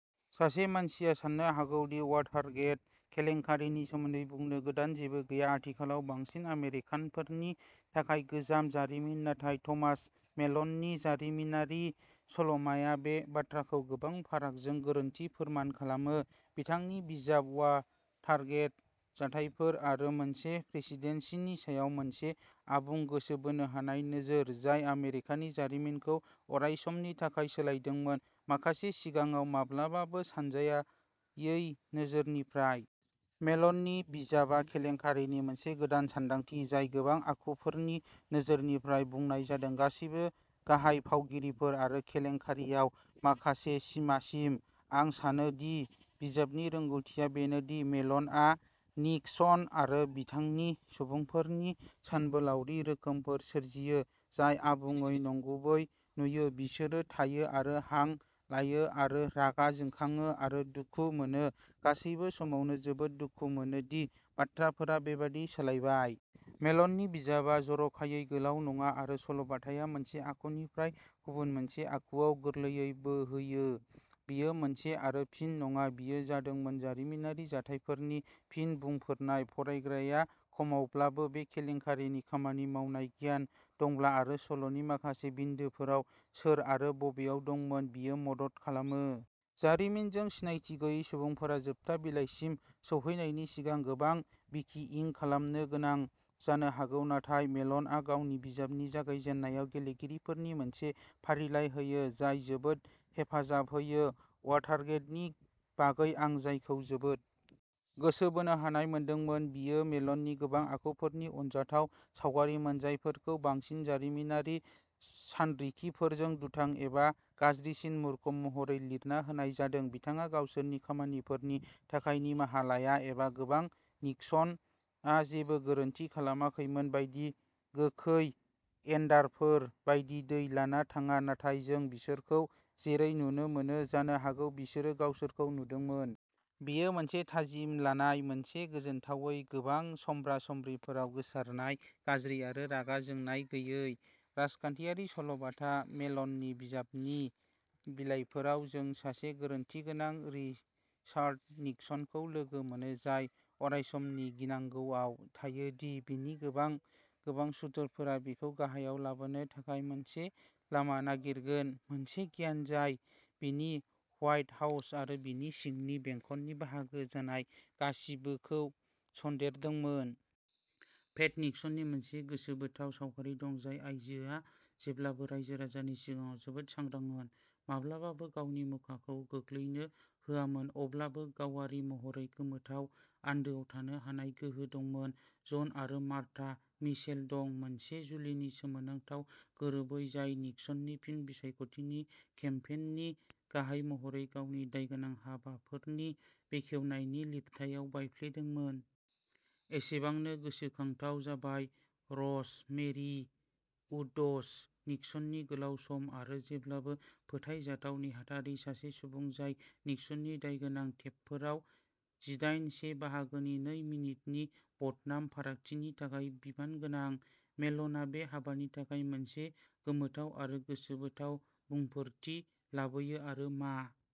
सासे मानसिया साननो हागौ दि वाटारगेट केलेंकारिनि सोमोन्दै बुंनो गोदान जेबो गैया, आथिखालाव बांसिन आमेरिकानफोरनि थाखाय गोजाम जारिमिन, नाथाय थमास मेलननि जारिमिनारि सल'माआ बे बाथ्राखौ गोबां फारागजों गोरोन्थि फोरमान खालामो। बिथांनि बिजाब, वाटारगेट, जाथायफोर आरो मोनसे प्रेसिडेन्सिनि सायाव मोनसे आबुङै गोसो बोनो हानाय नोजोर, जाय आमेरिकानि जारिमिनखौ अरायसमनि थाखाय सोलायदोंमोन, माखासे सिगाङाव माब्लाबाबो सानजायै नोजोरनिफ्राय। मेलननि बिजाबआ केलेंकारिनि मोनसे गोदान सानदांथि, जाय गोबां आखुफोरनि नोजोरनिफ्राय बुंनाय जादों, गासैबो गाहाय फावगिरिफोर आरो केलेकारियाव माखासे सिमासिम। आं सानो दि बिजाबनि रोंग'थिआ बेनो दि मेलनआ निक्सन आरो बिथांनि सुबुंफोरनि सानबोलावरि रोखोमफोर सोरजियो जाय आबुङै नंगुबै नुयो, बिसोरो थायो आरो हां लायो आरो रागा जोंखाङो आरो दुखु मोनो, गासैबो समावनो जोबोद दुखु मोनो दि बाथ्राफोरा बेबादि सोलायबाय। मेलननि बिजाबआ जर'खायै गोलाव नङा आरो सल'बाथाया मोनसे आखुनिफ्राय गुबुन मोनसे आखुआव गोरलैयै बोहैयो बेयो मोनसे आरो फिन नङा। बेयो जादोंमोन जारिमिनारि जाथायफोरनि फिन बुंफोरनाय, फरायग्राया खमावब्लाबो बे केलेंकारिनि खामानि मावनाय गियान दंब्ला आरो सल'नि माखासे बिन्दोफोराव सोर आरो बबेयाव दंमोन, बेयो मदद खालामो। जारिमिनजों सिनायथि गैयै सुबुंफोरा जोबथा बिलाइसिम सौहैनायनि सिगां गोबां विकि इं खालामनो गोनां जानो हागौ, नाथाय मेल'नआ गावनि बिजाबनि जागायजेननायाव गेलेगिरिफोरनि मोनसे फारिलाइ होयो जाय जोबोद हेफाजाब होयो। वाटारगेटनि बागै आं जायखौ जोबोद गोसो बोनो हानाय मोनदोंमोन, बेयो मेल'ननि गोबां आखुफोरनि अनजाथाव सावगारिमोन, जायफोरखौ बांसिन जारिमिनारि सानरिखिफोरजों दुथां एबा गाज्रिसिन, मुर्ख महरै लिरना होनाय जादों बिथाङा गावसोरनि खामानिफोरनि थाखाय निमाहा लाया एबा गोबां निक्सनआ जेबो गोरोन्थि खालामाखैमोन बायदि गोखै एन्डारफोर बायदि दै लाना थाङा, नाथाय जों बिसोरखौ जेरै नुनो मोनो, जानो हागौ, बिसोरो गावसोरखौ नुदोंमोन। बेयो मोनसे थाजिम लानाय मोनसे गोजोनथावै गोबां समब्रा-समब्रिफोराव गोसारनाय गाज्रि आरो रागा जोंनाय गैयै। राजखान्थियारि सल'बाथा। मेलननि बिजाबनि बिलाइफोराव, जों सासे गोरोन्थिगोनां रिचार्ड निक्सनखौ लोगो मोनो, जाय अरायसमनि गिनांगौआव थायो दि बिनि गोबां, गोबां सुथुरफोरा बिखौ गाहायाव लाबोनो थाखाय मोनसे लामा नागिरगोन, मोनसे गिनाय जाय बिनि हवाइट हाउस आरो बिनि सिंनि बेंखननि बाहागो जानाय गासिबोखौ सन्देरदोंमोन। पेट निक्सननि मोनसे गोसोबोथाव सावगारि दं, जाय आयजोआ जेब्लाबो रायजो-राजानि सिगाङाव जोबोद सांग्रांमोन, माब्लाबाबो गावनि मुखाखौ गोग्लैनो होआमोन, अब्लाबो गावारि महरै गोमोथाव आन्दोआव थानो हानाय गोहो दंमोन। जन आरो मार्था मिचेल दं, मोनसे जुलिनि सोमोनांथाव गोरोबै, जाय निक्सननि फिन बिसायख'थि केम्पेइननि गाहाय महरै गावनि दायगोनां हाबाफोरनि बेखेवनायनि लिरथायाव बायफ्लेदोंमोन। एसेबांनो गोसोखांथाव जाबाय रज मेरि उड्स, निक्सननि गोलाव सम आरो जेब्लाबो फोथायजाथाव नेहाथारि, सासे सुबुं जाय निक्सननि दायगोनां टेपफोराव जिदाइन से बाहागोनि नै मिनिटनि बदनाम फारागथिनि थाखाय बिबानगोनां। मेलनआ बे हाबानि थाखाय मोनसे गोमोथाव आरो गोसोबोथाव बुंफोरथि लाबोयो आरो मा।